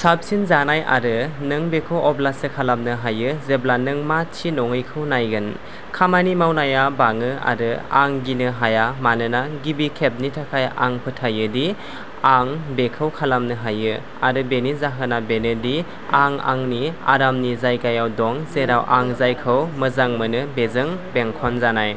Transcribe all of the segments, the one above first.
साबसिन जानाय आरो नों बेखौ अब्लासो खालामनो हायो जेब्ला नों मा थि नङैखौ नायगोन। खामानि मावनाया बाङो आरो आं गिनो हाया मानोना गिबि खेबनि थाखाय आं फोथायो दि आं बेखौ खालामनो हायो आरो बेनि जाहोना बेनो दि आं आंनि आरामनि जायगायाव दं जेराव आं जायखौ मोजां मोनो बेजों बेंखनजानाय।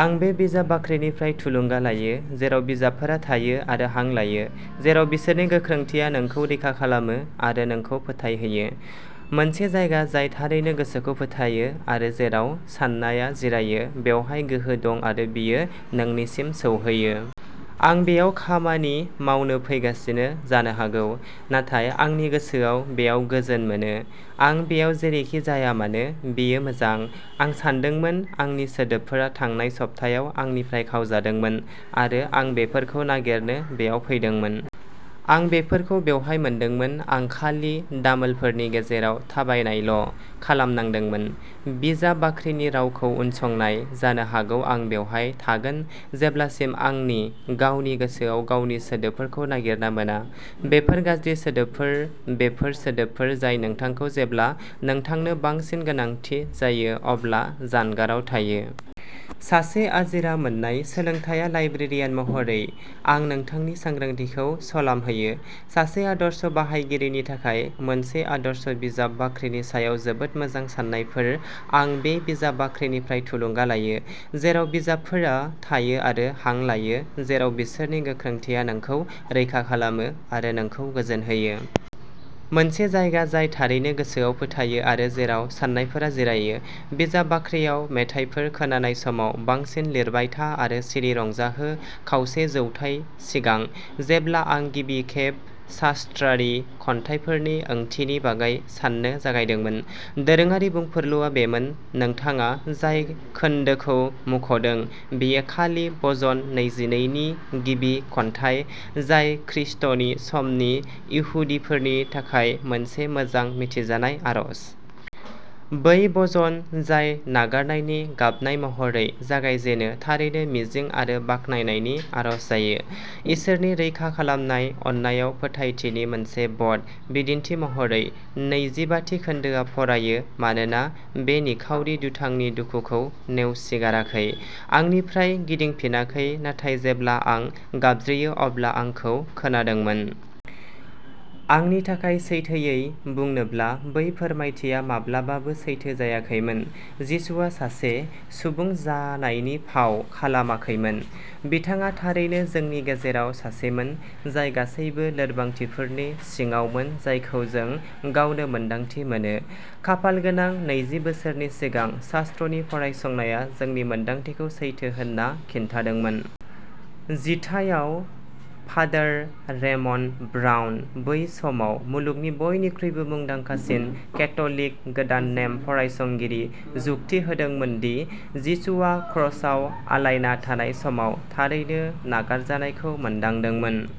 आं बे बिजाब बाख्रिनिफ्राय थुलुंगा लायो, जेराव बिजाबफोरा थायो आरो हां लायो, जेराव बिसोरनि गोख्रोंथिया नोंखौ रैखा खालामो आरो नोंखौ फोथायहोयो। मोनसे जायगा जाय थारैनो गोसोखौ फोथायो आरो जेराव साननाया जिरायो। बेवहाय गोहो दं आरो बेयो नोंसिम सौहैयो। आं बेयाव खामानि मावनो फैगासिनो जानो हागौ, नाथाय आंनि गोसोआ बेयाव गोजोन मोनो। आं बेयाव जेरैखि जाया मानो, बेयो मोजां। आं सान्दोंमोन आंनि सोदोबफोरा थांनाय सप्तायाव आंनिफ्राय खावजादोंमोन आरो आं बेफोरखौ नागिरनो बेयाव फैदोंमोन। आं बेफोरखौ बेवहाय मोनदोंमोन। आं खालि दामोलफोरनि गेजेराव थाबायनायल' खालामनांदोंमोन। बिजाब बाख्रिनि रावखौ उनसंनाय। जानो हागौ आं बेवहाय थागोन जेब्लासिम आंनि गावनि गोसोआ गावनि सोदोबफोरखौ नागिरना मोना। बेफोर गाज्रि सोदोबफोर, बेफोर सोदोबफोर जाय नोंथांखौ जेब्ला नोंथांनो बांसिन गोनांथि जायो अब्ला जानगाराव थायो। सासे आजिरा मोननाय सोलोंथाय लाइब्रेरियान महरै, आं नोंथांनि सांग्रांथिखौ सलाम होयो। सासे आदर्श बाहायगिरिनि थाखाय मोनसे आदर्श बिजाब बाख्रिनि सायाव जोबोद मोजां साननायफोर आं बे बिजाब बाख्रिनिफ्राय थुलुंगा लायो, जेराव बिजाबफोरा थायो आरो हां लायो, जेराव बिसोरनि गोख्रोंथिया नोंखौ रैखा खालामो आरो नोंखौ गोजोन होयो। मोनसे जायगा जाय थारैनो गोसोआव फोथायो आरो जेराव साननायफोरा जिरायो। बिजाब बाख्रियाव मेथाइफोर खोनानाय समाव बांसिन लिरबाय था आरो सिरि रंजाहो खावसे जौथाय सिगां, जेब्ला आं गिबि खेब शास्त्रारि खन्थाइफोरनि ओंथिनि बागै साननो जागायदोंमोन, दोरोङारि बुंफुरलुआ बेमोन नोंथाङा जाय खोनदोखौ मुंख'दों बेयो खालि भजन नैजिनै नि गिबि खन्थाइ, जाय ख्रिस्ट’नि समनि इहुदिफोरनि थाखाय मोनसे मोजां मिथिजानाय आरज। बै भजन जाय नागारनायनि गाबनाय महरै जागायजेनो थारैनो मिजिं आरो बाख्नायनायनि आरज जायो, इसोरनि रैखा खालामनाय अननायाव फोथायथिनि मोनसे भट। बिदिन्थि महरै, नैजिबाथि खोन्दोआ फरायो मानोना बे निखावरि दुथांनि दुखुखौ नेवसिगाराखै, आंनिफ्राय गिदिंफिनाखै, नाथाय जेब्ला आं गाबज्रियो अब्ला आंखौ खोनादोंमोन। आंनि थाखाय सैथोयै बुंनोब्ला, बै फोरमायथिया माब्लाबाबो सैथो जायाखैमोन। जिसुआ सासे सुबुं जानायनि फाव खालामाखैमोन। बिथाङा थारैनो जोंनि गेजेराव सासेमोन, जाय गासैबो लोरबांथिफोरनि सिङावमोन जायखौ जों गावनो मोन्दांथि मोनो। खाफालगोनां नैजि बोसोरनि सिगां शास्त्रनि फरायसंनाया जोंनि मोनदांथिखौ सैथो होनना खिन्थादोंमोन। जिथाइयाव, फादार रेमन्ड ब्राउन बै समाव मुलुगनि बयनिख्रुइबो मुंदांखासिन केथ'लिक गोदान नेम फरायसंगिरि जुक्ति होदोंमोन दि जिसुआ क्रसआव आलायना थानाय समाव थारैनो नागारजानायखौ मोनदांदोंमोन।